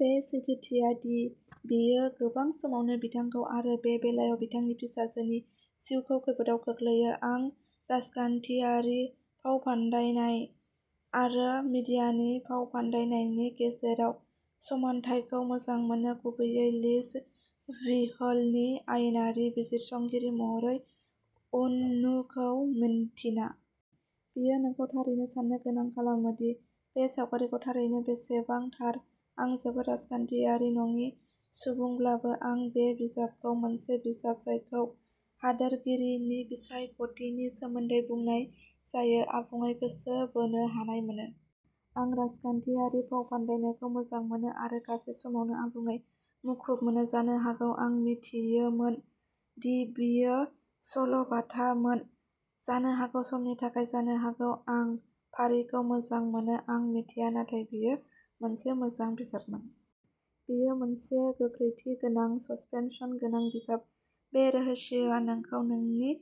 बे सैथोथिया दि बेयो गोबां समावनो बिथांखौ आरो बे बेलायाव बिथांनि फिसाजोनि जिउखौ खैफोदआव खोख्लैयो। आं राजखान्थियारि फावफान्दायनाय आरो मिडियानि फावफान्दायनायनि गेजेराव समानथायखौ मोजां मोनो, गुबैयै लिस विहलनि आयेनारि बिजिरसंगिरि महरै उननुखौ मिन्थिना। बेयो नोंखौ थारैनो साननो गोनां खालामो दि बे सावगारिखौ थारैनो बेसेबां थार। आं जोबोद राजखान्थियारि नङि सुबुंब्लाबो, आं बे बिजाबखौ मोनसे बिजाब जायखौ हादोरगिरिनि बिसायख'थिनि सोमोन्दै बुंनाय जायो। आबुङै गोसो बोनो हानाय मोनो। आं राजखान्थियारि फावफान्दायनायखौ मोजां मोनो आरो गासै समावनो आबुङै मुखुब मोनो। जानो हागौ आं मिथियोमोन दि बेयो सल'बाथामोन, जानो हागौ समनि थाखाय, जानो हागौ आं फारिखौ मोजां मोनो। आं मिथिया, नाथाय बेयो मोनसे मोजां बिजाबमोन। बेयो मोनसे गोख्रैथि गोनां, ससपेन्सगोनां बिजाब। बे रहस्यआ नोंखौ नोंनि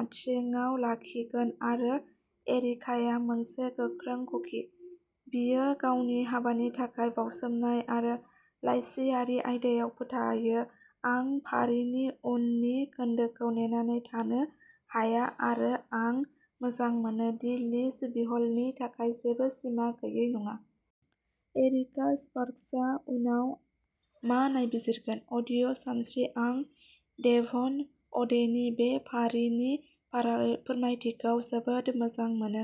आथिंआव लाखिगोन आरो एरिकाया मोनसे गोख्रों कुकि। बियो गावनि हाबानि थाखाय बावसोमनाय आरो लाइसिआरि आयदायाव फोथायो। आं फारिनि उननि खोन्दोखौ नेनानै थानो हाया आरो आं मोजां मोनो दि लिस विहलनि थाखाय जेबो सिमा गैयै नङा। एरिका स्पार्क्सआ उनाव मा नायबिजिरगोन? अडिअ' सानस्रि आं डेभन अ'डेनि बे फारिनि फोरमायथिखौ जोबोद मोजां मोनो।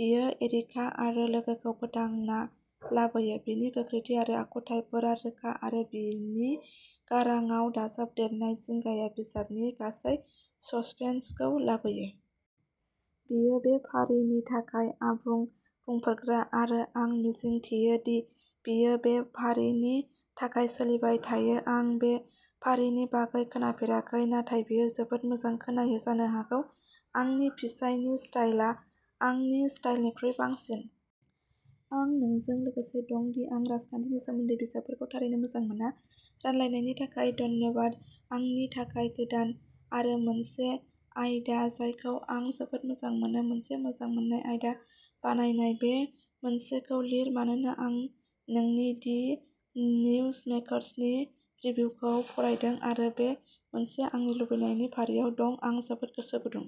बियो एरिका आरो लोगोखौ फोथांना लाबोयो! बिनि गोख्रैथि आरो आखुथायफोरा रोखा आरो बियो बिनि गारांआव दाजाबदेरनाय जिंगाया बिजाबनि गासै ससपेन्सखौ लाबोयो। बियो बे फारिनि थाखाय आबुं बुंफोरग्रा आरो आं मिजिंथियो दि बियो बे फारिनि थाखाय सोलिबाय थायो। आं बे फारिनि बागै खोनाफेराखै, नाथाय बेयो जोबोद मोजां खोनायो जानो हागौ आंनि फिसायनि स्टाइलआ आंनि स्टाइलनिख्रुइ बांसिन। आं नोंजों लोगोसे दं दि आं राजखान्थिनि सोमोन्दै बिजाबफोरखौ थारैनो मोजां मोना। रानलायनायनि थाखाय धन्यबाद आंनि थाखाय गोदान आरो मोनसे आयदा जायखौ आं जोबोद मोजां मोनो। मोनसे मोजां मोन्नाय आयदा बानायनाय। बे मोनसेखौ लिर मानोना आं नोंनि दि निउजमेकर्सनि रिभिउखौ फरायदों आरो बे मोनसेआ आंनि लुबैनायनि फारियाव दं, आं जोबोद गोसो गुदुं!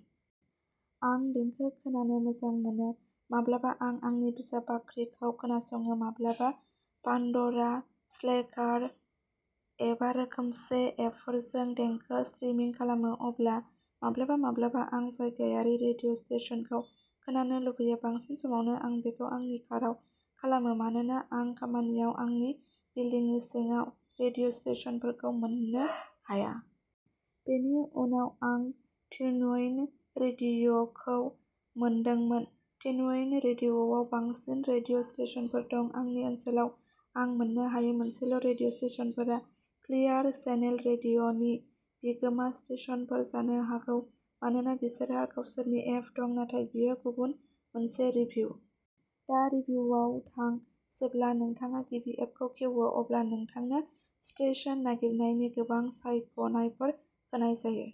आं देंखो खोनानो मोजां मोनो। माब्लाबा आं आंनि बिजाब बाख्रिखौ खोनासङो, माब्लाबा पान्ड'रा, स्लेकार एबा रोखोमसे एपफोरजों देंखो स्ट्रिमिं खालामो। अब्ला माब्लाबा माब्लाबा आं जायगायारि रेडिय'स्टेशनखौ खोनानो लुबैयो। बांसिन समावनो आं बेखौ आंनि काराव खालामो मानोना आं खामानियाव आंनि बिल्दिंनि सिङाव रेडिय'स्टेशनफोरखौ मोननो हाया। बेनि उनाव आं ट्युनइन रेडिय'खौ मोनदोंमोन। ट्युनइन रेडिय'आव बांसिन रेडिय'स्टेशनफोर दं। आंनि ओनसोलाव आं मोन्नो हायै मोनसेल' रेडिय' स्टेशनफोरा क्लियार चेनेल रेडिय'नि बिगोमा स्टेशनफोर, जानो हागौ मानोना बिसोरहा गावसोरनि एप दं, नाथाय बेयो गुबुन मोनसे रिभिउ। दा रिभिउआव थां। जेब्ला नोंथाङा गिबि एपखौ खेवो अब्ला नोंथांनो स्टेशन नागिरनायनि गोबां सायख'नायफोर होनाय जायो।